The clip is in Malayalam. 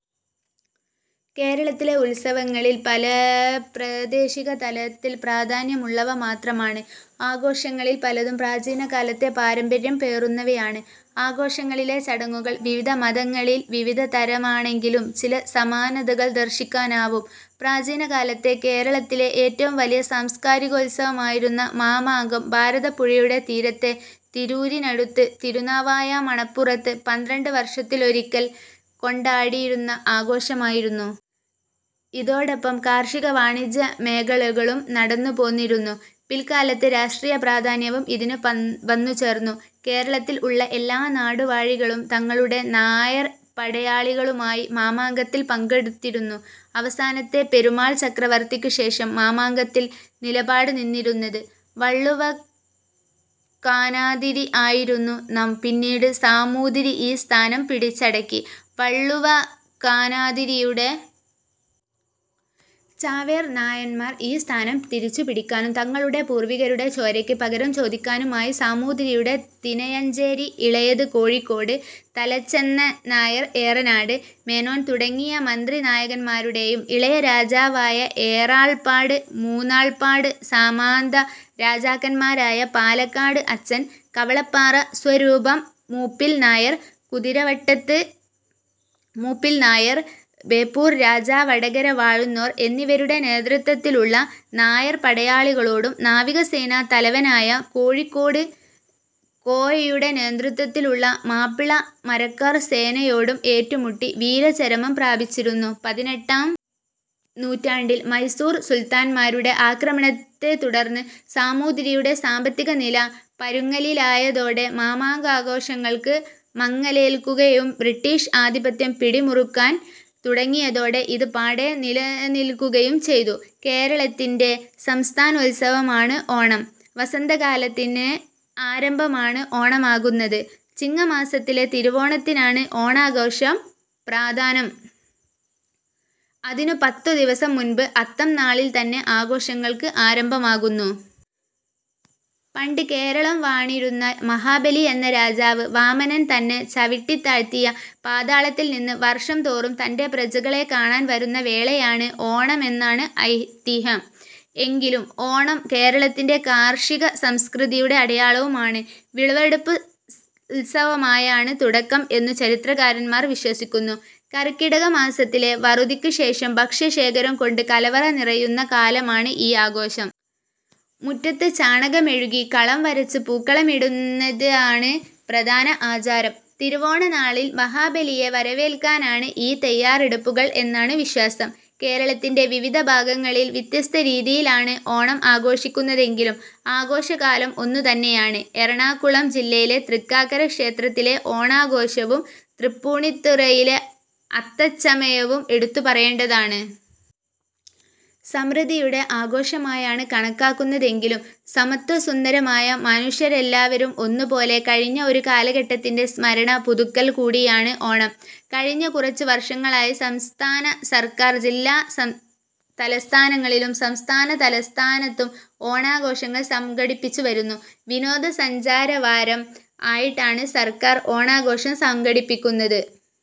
കേരളത്തിലെ ഉത്സവങ്ങളിൽ പല പ്രാദേശിക തലത്തിൽ പ്രാധാന്യമുള്ളവ മാത്രമാണ്. ആഘോഷങ്ങളിൽ പലതും പ്രാചീനകാലത്തെ പാരമ്പര്യം പേറുന്നവയാണ്. ആഘോഷങ്ങളിലെ ചടങ്ങുകൾ വിവിധ മതങ്ങളിൽ വിവിധ തരമാണെങ്കിലും ചില സമാനതകൾ ദർശിക്കാനാവും. പ്രാചീനകാലത്തെ കേരളത്തിലെ ഏറ്റവും വലിയ സാംസ്കാരികോത്സവമായിരുന്ന മാമാങ്കം ഭാരതപ്പുഴയുടെ തീരത്തെ തിരൂരിനടുത്ത് തിരുനാവായ മണപ്പുറത്ത് പന്ത്രണ്ട് വർഷത്തിലൊരിക്കൽ കൊണ്ടാടിയിരുന്ന ആഘോഷമായിരുന്നു. ഇതോടൊപ്പം കാർഷിക വാണിജ്യമേളകളും നടന്നുപോന്നിരുന്നു. പിൽക്കാലത്ത് രാഷ്ട്രീയ പ്രാധാന്യവും ഇതിന് വന്നുചേർന്നു. കേരളത്തിൽ ഉള്ള എല്ലാ നാടുവാഴികളും തങ്ങളുടെ നായർ പടയാളികളുമായി മാമാങ്കത്തിൽ പങ്കെടുത്തിരുന്നു. അവസാനത്തെ പെരുമാൾ ചക്രവർത്തിക്ക് ശേഷം മാമാങ്കത്തിൽ നിലപാട് നിന്നിരുന്നത് വള്ളുവക്കോനാതിരി ആയിരുന്നു. പിന്നീട് സാമൂതിരി ഈ സ്ഥാനം പിടിച്ചടക്കി. വള്ളുവക്കോനാതിരിയുടെ ചാവേർ നായന്മാർ ഈ സ്ഥാനം തിരിച്ചുപിടിക്കാനും തങ്ങളുടെ പൂർവികരുടെ ചോരയ്ക്ക് പകരം ചോദിക്കാനുമായി സാമൂതിരിയുടെ തിനയഞ്ചേരി ഇളയത് കോഴിക്കോട് തലച്ചെന്നനായർ ഏറനാട് മേനോൻ തുടങ്ങിയ മന്ത്രി നായകന്മാരുടെയും ഇളയ രാജാവായ ഏറാൾപ്പാട് മൂന്നാൾപ്പാട് സാമന്ത രാജാക്കന്മാരായ പാലക്കാട് അച്ചൻ കവളപ്പാറ സ്വരൂപം മൂപ്പിൽ നായർ കുതിരവട്ടത്ത് മൂപ്പിൽ നായർ ബേപ്പൂർ രാജാ വടകര വാഴുന്നോർ എന്നിവരുടെ നേതൃത്വത്തിലുള്ള നായർ പടയാളികളോടും നാവികസേനാ തലവനായ കോഴിക്കോട് കോയയുടെ നേതൃത്വത്തിലുള്ള മാപ്പിള മരക്കാർ സേനയോടും ഏറ്റുമുട്ടി വീരചരമം പ്രാപിച്ചിരുന്നു. പതിനെട്ടാം നൂറ്റാണ്ടിൽ മൈസൂർ സുൽത്താന്മാരുടെ ആക്രമണത്തെ തുടർന്ന് സാമൂതിരിയുടെ സാമ്പത്തികനില പരുങ്ങലിലായതോടെ മാമാങ്കാഘോഷങ്ങൾക്ക് മങ്ങലേൽക്കുകയും ബ്രിട്ടീഷ് ആധിപത്യം പിടിമുറുക്കാൻ തുടങ്ങിയതോടെ ഇത് പാടേ നിലയ്ക്കുകയും ചെയ്തു. കേരളത്തിൻ്റെ സംസ്ഥാനോത്സവമാണ് ഓണം. വസന്തകാലത്തിൻ്റെ ആരംഭമാണ് ഓണമാകുന്നത്. ചിങ്ങമാസത്തിലെ തിരുവോണത്തിനാണ് ഓണാഘോഷം പ്രധാനം. അതിനു പത്തു ദിവസം മുൻപ് അത്തം നാളിൽ തന്നെ ആഘോഷങ്ങൾക്ക് ആരംഭമാകുന്നു. പണ്ട് കേരളം വാണിരുന്ന മഹാബലി എന്ന രാജാവ് വാമനൻ തന്നെ ചവിട്ടിത്താഴ്ത്തിയ പാതാളത്തിൽ നിന്ന് വർഷം തോറും തൻ്റെ പ്രജകളെ കാണാൻ വരുന്ന വേളയാണ് ഓണമെന്നാണ് ഐതിഹ്യം. എങ്കിലും ഓണം കേരളത്തിൻ്റെ കാർഷിക സംസ്കൃതിയുടെ അടയാളമാണ്. വിളവെടുപ്പുത്സവമായാണ് തുടക്കം എന്നു ചരിത്രകാരന്മാർ വിശ്വസിക്കുന്നു. കർക്കടകമാസത്തിലെ വറുതിക്ക് ശേഷം ഭക്ഷ്യശേഖരം കൊണ്ട് കലവറ നിറയുന്ന കാലമാണ് ഈ ആഘോഷം. മുറ്റത്ത് ചാണകം മെഴുകി കളം വരച്ച് പൂക്കളമിടുന്നതാണ് പ്രധാന ആചാരം. തിരുവോണ നാളിൽ മഹാബലിയെ വരവേൽക്കാനാണ് ഈ തയ്യാറെടുപ്പുകൾ എന്നാണു വിശ്വാസം. കേരളത്തിൻ്റെ വിവിധ ഭാഗങ്ങളിൽ വ്യത്യസ്ത രീതിയിലാണ് ഓണം ആഘോഷിക്കുന്നതെങ്കിലും ആഘോഷകാലം ഒന്നു തന്നെയാണ്. എറണാകുളം ജില്ലയിലെ തൃക്കാക്കര ക്ഷേത്രത്തിലെ ഓണാഘോഷവും തൃപ്പൂണിത്തുറയിലെ അത്തച്ചമയവും എടുത്തുപറയേണ്ടതാണ്. സമൃദ്ധിയുടെ ആഘോഷമായാണ് കണക്കാക്കുന്നതെങ്കിലും സമത്വസുന്ദരമായ മാനുഷരെല്ലാവരും ഒന്നു പോലെ കഴിഞ്ഞ ഒരു കാലഘട്ടത്തിൻ്റെ സ്മരണ പുതുക്കൽ കൂടിയാണ് ഓണം. കഴിഞ്ഞ കുറച്ചു വർഷങ്ങളായി സംസ്ഥാന സർക്കാർ ജില്ലാ തലസ്ഥാനങ്ങളിലും സംസ്ഥാന തലസ്ഥാനത്തും ഓണാഘോഷങ്ങൾ സംഘടിപ്പിച്ചു വരുന്നു. വിനോദസഞ്ചാര വാരം ആയിട്ടാണ് സർക്കാർ ഓണാഘോഷം സംഘടിപ്പിക്കുന്നത്.